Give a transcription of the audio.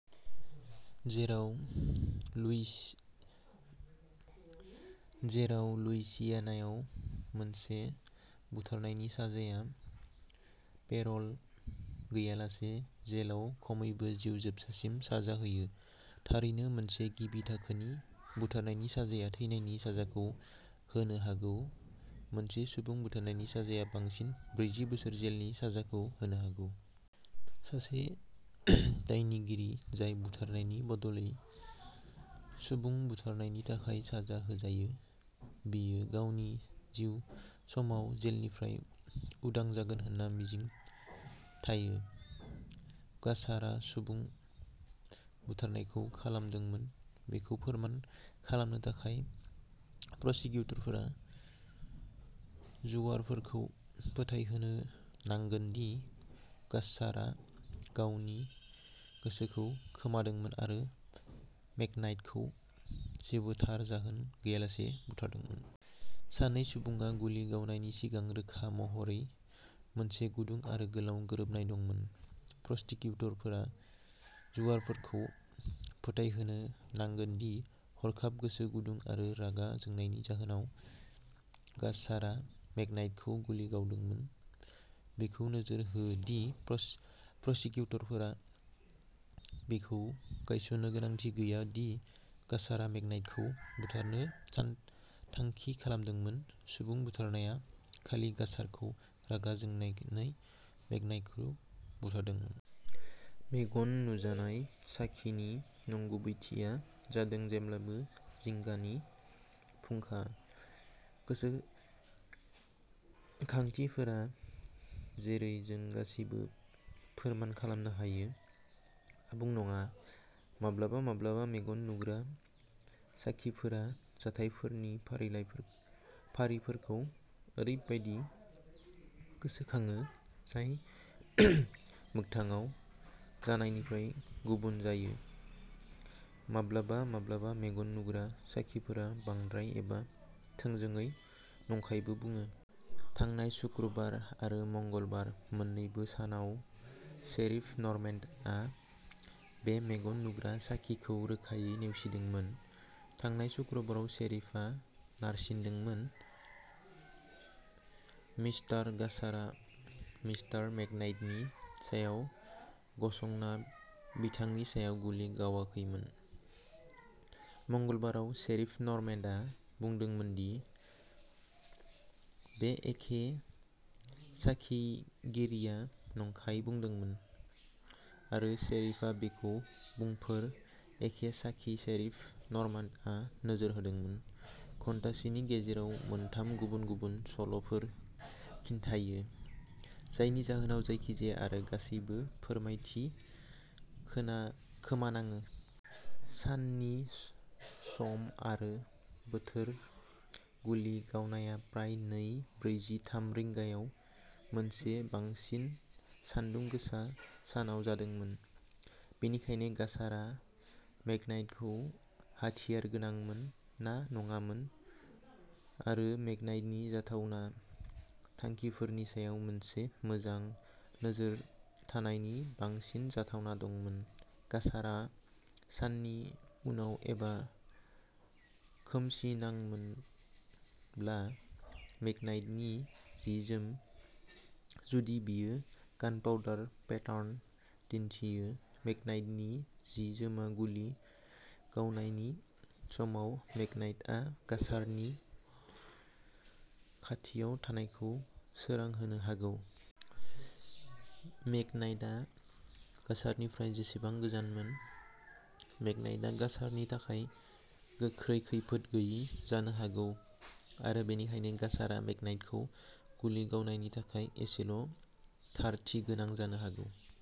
जेराव लुइसियानायाव मोनसे बुथारनायनि साजाया पेर'ल गैयालासे जेलाव खमैबो जिउ जोबजासिम साजा होयो थारैनो, मोनसे गिबि थाखोनि बुथारनायनि साजाया थैनायनि साजाखौ होनो हागौ मोनसे सुबुं बुथारनायनि साजाया बांसिन ब्रैजि बोसोर जेलनि साजाखौ होनो हागौ। सासे दायनिगिरि जाय बुथारनायनि बदलै सुबुं बुथारनायनि थाखाय साजा होजायो, बियो गावनि जिउ समाव जेलनिफ्राय उदां जागोन होनना मिजिं थायो। गास्सारा सुबुं बुथारनायखौ खालामदोंमोन बेखौ फोरमान खालामनो थाखाय, प्रसिकिउटरफोरा जुआरफोरखौ फोथायहोनो नांगोन दि गास्सारा गावनि गोसोखौ खोमादोंमोन आरो मेकनाइटखौ जेबो थार जाहोन गैयालासे बुथारदोंमोन। सानै सुबुङा गुलि गावनायनि सिगां रोखा महरै मोनसे गुदुं आरो गोलाव गोरोबनाय दंमोन। प्रसिकिउटरफोरा जुआरफोरखौ फोथायहोनो नांगोन दि, हरखाब गोसो गुदुं आरो रागा जोंनायनि जाहोनाव, गास्सारा मेकनाइटखौ गुलि गावदोंमोन। बेखौ नोजोर हो दि प्रसिकिउटरफोरा बेखौ गायसननो गोनांथि गैया दि गास्सारा मेकनाइटखौ बुथारनो सानथांखि खालामदोंमोन सुबुं बुथारनाया खालि गास्सारखौ रागा जोंनानै मेकनाइटखौ बुथारदोंमोन। मेगन नुजानाय साखिनि नंगुबैथिया जादों जेब्लाबो जिंगानि फुंखा। गोसोखांथिफोरा, जेरै जों गासैबो फोरमान खालामनो हायो, आबुं नङा। माब्लाबा माब्लाबा मेगन नुग्रा साखिफोरा जाथायफोरनि फारिफोरखौ ओरैबायदि गोसोखाङो जाय मोगथाङाव जानायनिफ्राय गुबुन जायो। माब्लाबा माब्लाबा मेगन नुग्रा साखिफोरा बांद्राय एबा थोंजोङै नंखायबो बुङो। थांनाय सुक्रुबार आरो मंगलबार मोन्नैबो सानाव, शेरिफ नर्मेन्डआ बे मेगन नुग्रा साखिखौ रोखायै नेवसिदोंमोन। थांनाय सुक्रुबाराव शेरिफआ नारसिनदोंमोन, मिस्टार गास्सारा मिस्टार मेकनाइटनि सायाव गसंना बिथांनि सायाव गुलि गावाखैमोन। मंगलबाराव, शेरिफ नर्मेन्डआ बुंदोंमोन दि बे एखे साखिगिरिया नंखाय बुंदोंमोन आरो शेरिफआ बेखौ बुंफोर एखे साखी, शेरिफ नर्मान्डआ नोजोर होदोंमोन, घन्टासेनि गेजेराव मोनथाम गुबुन गुबुन सल'फोर खिन्थायो, जायनि जाहोनाव जायखिजाया आरो गासैबो फोथायथि खोमानाङो। साननि सम आरो बोथोर गुलि गावनाया प्राय नै ब्रैजि थाम रिंगायाव मोनसे बांसिन सान्दुं गोसा सानाव जादोंमोन। बेनिखायनो, गास्सारा मेकनाइटखौ हाथियारगोनांमोन ना नङामोन, आरो मेकनाइटनि जाथावना थांखिफोरनि सायाव मोनसे मोजां नोजोर थानायनि बांसिन जाथावना दंमोन, गास्सारा साननि उनाव एबा खोमसिनांमोनब्ला मेकनाइटनि जि जोम जुदि बेयो गानपाउडार पेटार्न दिन्थियो, मेकनाइटनि जि जोमआ गुलि गावनायनि समाव मेकनाइटा गास्सारनि खाथियाव थानायखौ सोरां होनो हागौ। मेकनाइटआ गास्सारनिफ्राय जेसेबां गोजानमोन, मेकनाइटा गास्सारनि थाखाय गोख्रै खैफोद गैयै जानो हागौ आरो बेनिखायनो गास्सारा मेकनाइटखौ गुलि गावनायनि थाखाय एसेल' थारथि गोनां जानो हागौ।